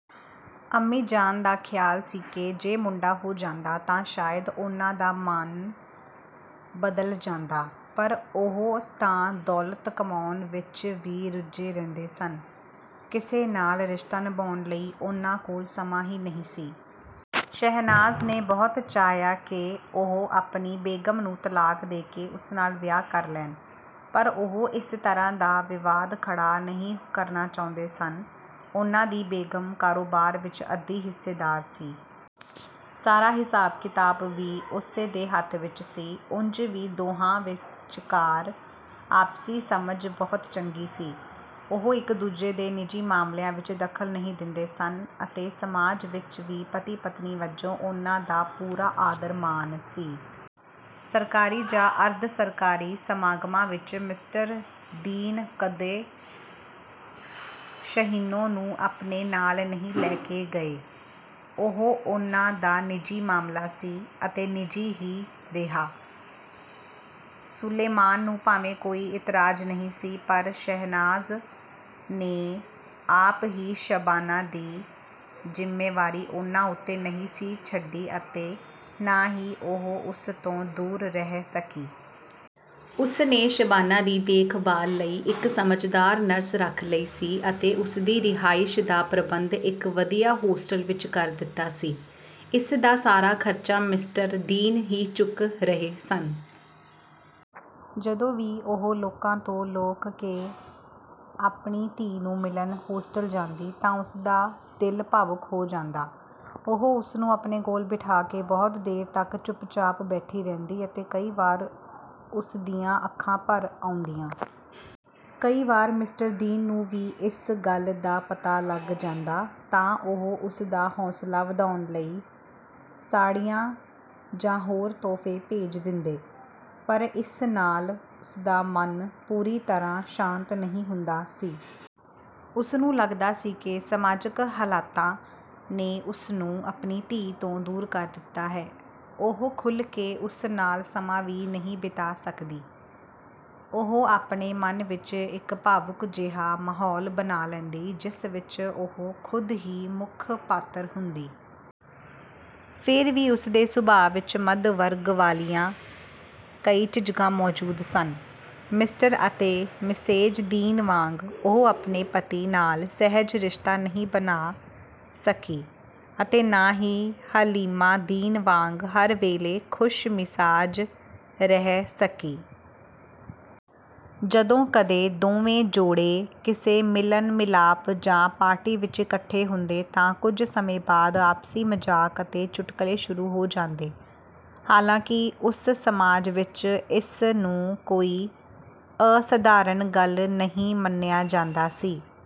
ਅੰਮੀ ਜਾਨ ਦਾ ਖ਼ਿਆਲ ਸੀ ਕਿ ਜੇ ਮੁੰਡਾ ਹੋ ਜਾਂਦਾ, ਤਾਂ ਸ਼ਾਇਦ ਉਹਨਾਂ ਦਾ ਮਨ ਬਦਲ ਜਾਂਦਾ। ਪਰ ਉਹ ਤਾਂ ਦੌਲਤ ਕਮਾਉਣ ਵਿੱਚ ਹੀ ਰੁੱਝੇ ਰਹਿੰਦੇ ਸਨ। ਕਿਸੇ ਨਾਲ ਰਿਸ਼ਤਾ ਨਿਭਾਉਣ ਲਈ ਉਹਨਾਂ ਕੋਲ ਸਮਾਂ ਹੀ ਨਹੀਂ ਸੀ। ਸ਼ਹਿਨਾਜ਼ ਨੇ ਬਹੁਤ ਚਾਹਿਆ ਕਿ ਉਹ ਆਪਣੀ ਬੇਗ਼ਮ ਨੂੰ ਤਲਾਕ ਦੇ ਕੇ ਉਸ ਨਾਲ ਵਿਆਹ ਕਰ ਲੈਣ, ਪਰ ਉਹ ਇਸ ਤਰ੍ਹਾਂ ਦਾ ਵਿਵਾਦ ਖੜ੍ਹਾ ਨਹੀਂ ਕਰਨਾ ਚਾਹੁੰਦੇ ਸਨ। ਉਹਨਾਂ ਦੀ ਬੇਗ਼ਮ ਕਾਰੋਬਾਰ ਵਿੱਚ ਅੱਧੀ ਹਿੱਸੇਦਾਰ ਸੀ। ਸਾਰਾ ਹਿਸਾਬ-ਕਿਤਾਬ ਵੀ ਉਸੇ ਦੇ ਹੱਥ ਵਿੱਚ ਸੀ। ਉਂਝ ਵੀ ਦੋਹਾਂ ਵਿਚਕਾਰ ਆਪਸੀ ਸਮਝ ਬਹੁਤ ਚੰਗੀ ਸੀ। ਉਹ ਇੱਕ-ਦੂਜੇ ਦੇ ਨਿੱਜੀ ਮਾਮਲਿਆਂ ਵਿੱਚ ਦਖ਼ਲ ਨਹੀਂ ਦਿੰਦੇ ਸਨ ਅਤੇ ਸਮਾਜ ਵਿੱਚ ਵੀ ਪਤੀ-ਪਤਨੀ ਵਜੋਂ ਉਹਨਾਂ ਦਾ ਪੂਰਾ ਆਦਰ-ਮਾਣ ਸੀ। ਸਰਕਾਰੀ ਜਾਂ ਅਰਧ-ਸਰਕਾਰੀ ਸਮਾਗਮਾਂ ਵਿੱਚ ਮਿਸਟਰ ਦੀਨ ਕਦੇ ਸ਼ਹੀਨੋ ਨੂੰ ਆਪਣੇ ਨਾਲ ਨਹੀਂ ਲੈ ਕੇ ਗਏ। ਉਹ ਉਹਨਾਂ ਦਾ ਨਿੱਜੀ ਮਾਮਲਾ ਸੀ ਅਤੇ ਨਿੱਜੀ ਹੀ ਰਿਹਾ। ਸੁਲੇਮਾਨ ਨੂੰ ਭਾਵੇਂ ਕੋਈ ਇਤਰਾਜ਼ ਨਹੀਂ ਸੀ, ਪਰ ਸ਼ਹਿਨਾਜ਼ ਨੇ ਆਪ ਹੀ ਸ਼ਬਾਨਾ ਦੀ ਜ਼ਿੰਮੇਵਾਰੀ ਉਹਨਾਂ ਉੱਤੇ ਨਹੀਂ ਸੀ ਛੱਡੀ ਅਤੇ ਨਾ ਹੀ ਉਹ ਉਸ ਤੋਂ ਦੂਰ ਰਹਿ ਸਕੀ। ਉਸਨੇ ਸ਼ਬਾਨਾ ਦੀ ਦੇਖਭਾਲ ਲਈ ਇੱਕ ਸਮਝਦਾਰ ਨਰਸ ਰੱਖ ਲਈ ਸੀ ਅਤੇ ਉਸਦੀ ਰਿਹਾਇਸ਼ ਦਾ ਪ੍ਰਬੰਧ ਇੱਕ ਵਧੀਆ ਹੋਸਟਲ ਵਿੱਚ ਕਰ ਦਿੱਤਾ ਸੀ। ਇਸ ਦਾ ਸਾਰਾ ਖਰਚਾ ਮਿਸਟਰ ਦੀਨ ਹੀ ਚੁੱਕ ਰਹੇ ਸਨ। ਜਦੋਂ ਵੀ ਉਹ ਲੋਕਾਂ ਤੋਂ ਲੁਕ ਕੇ ਆਪਣੀ ਧੀ ਨੂੰ ਮਿਲਣ ਹੋਸਟਲ ਜਾਂਦੀ, ਤਾਂ ਉਸਦਾ ਦਿਲ ਭਾਵੁਕ ਹੋ ਜਾਂਦਾ। ਉਹ ਉਸਨੂੰ ਆਪਣੇ ਕੋਲ ਬਿਠਾ ਕੇ ਬਹੁਤ ਦੇਰ ਤੱਕ ਚੁੱਪਚਾਪ ਬੈਠੀ ਰਹਿੰਦੀ ਅਤੇ ਕਈ ਵਾਰ ਉਸਦੀਆਂ ਅੱਖਾਂ ਭਰ ਆਉਂਦੀਆਂ। ਕਈ ਵਾਰ ਮਿਸਟਰ ਦੀਨ ਨੂੰ ਵੀ ਇਸ ਗੱਲ ਦਾ ਪਤਾ ਲੱਗ ਜਾਂਦਾ, ਤਾਂ ਉਹ ਉਸਦਾ ਹੌਸਲਾ ਵਧਾਉਣ ਲਈ ਸਾੜ੍ਹੀਆਂ ਜਾਂ ਹੋਰ ਤੋਹਫ਼ੇ ਭੇਜ ਦਿੰਦੇ। ਪਰ ਇਸ ਨਾਲ ਉਸਦਾ ਮਨ ਪੂਰੀ ਤਰ੍ਹਾਂ ਸ਼ਾਂਤ ਨਹੀਂ ਹੁੰਦਾ ਸੀ। ਉਸਨੂੰ ਲੱਗਦਾ ਸੀ ਕਿ ਸਮਾਜਕ ਹਾਲਾਤਾਂ ਨੇ ਉਸਨੂੰ ਆਪਣੀ ਧੀ ਤੋਂ ਦੂਰ ਕਰ ਦਿੱਤਾ ਹੈ ਅਤੇ ਉਹ ਖੁੱਲ੍ਹ ਕੇ ਉਸ ਨਾਲ ਸਮਾਂ ਵੀ ਨਹੀਂ ਬਿਤਾ ਸਕਦੀ। ਉਹ ਆਪਣੇ ਮਨ ਵਿੱਚ ਇੱਕ ਭਾਵੁਕ ਜਿਹਾ ਮਾਹੌਲ ਬਣਾ ਲੈਂਦੀ, ਜਿਸ ਵਿੱਚ ਉਹ ਖੁਦ ਹੀ ਮੁੱਖ ਪਾਤਰ ਹੁੰਦੀ। ਫਿਰ ਵੀ ਉਸਦੇ ਸੁਭਾਅ ਵਿੱਚ ਮੱਧ ਵਰਗ ਵਾਲੀਆਂ ਕਈ ਝਿਝਕਾਂ ਮੌਜੂਦ ਸਨ। ਮਿਸਟਰ ਅਤੇ ਮਿਸੇਜ ਦੀਨ ਵਾਂਗ ਉਹ ਆਪਣੇ ਪਤੀ ਨਾਲ ਸਹਿਜ ਰਿਸ਼ਤਾ ਨਹੀਂ ਬਣਾ ਸਕੀ ਅਤੇ ਨਾ ਹੀ ਹਲੀਮਾ ਦੀਨ ਵਾਂਗ ਹਰ ਵੇਲੇ ਖੁਸ਼ਮਿਜ਼ਾਜ ਰਹਿ ਸਕੀ। ਜਦੋਂ ਕਦੇ ਦੋਵੇਂ ਜੋੜੇ ਕਿਸੇ ਮਿਲਣ-ਮਿਲਾਪ ਜਾਂ ਪਾਰਟੀ ਵਿੱਚ ਇਕੱਠੇ ਹੁੰਦੇ, ਤਾਂ ਕੁਝ ਸਮੇਂ ਬਾਅਦ ਆਪਸੀ ਮਜ਼ਾਕ ਅਤੇ ਚੁਟਕਲੇ ਸ਼ੁਰੂ ਹੋ ਜਾਂਦੇ। ਹਾਲਾਂਕਿ ਉਸ ਸਮਾਜ ਵਿੱਚ ਇਸ ਨੂੰ ਕੋਈ ਅਸਧਾਰਨ ਗੱਲ ਨਹੀਂ ਮੰਨਿਆ ਜਾਂਦਾ ਸੀ।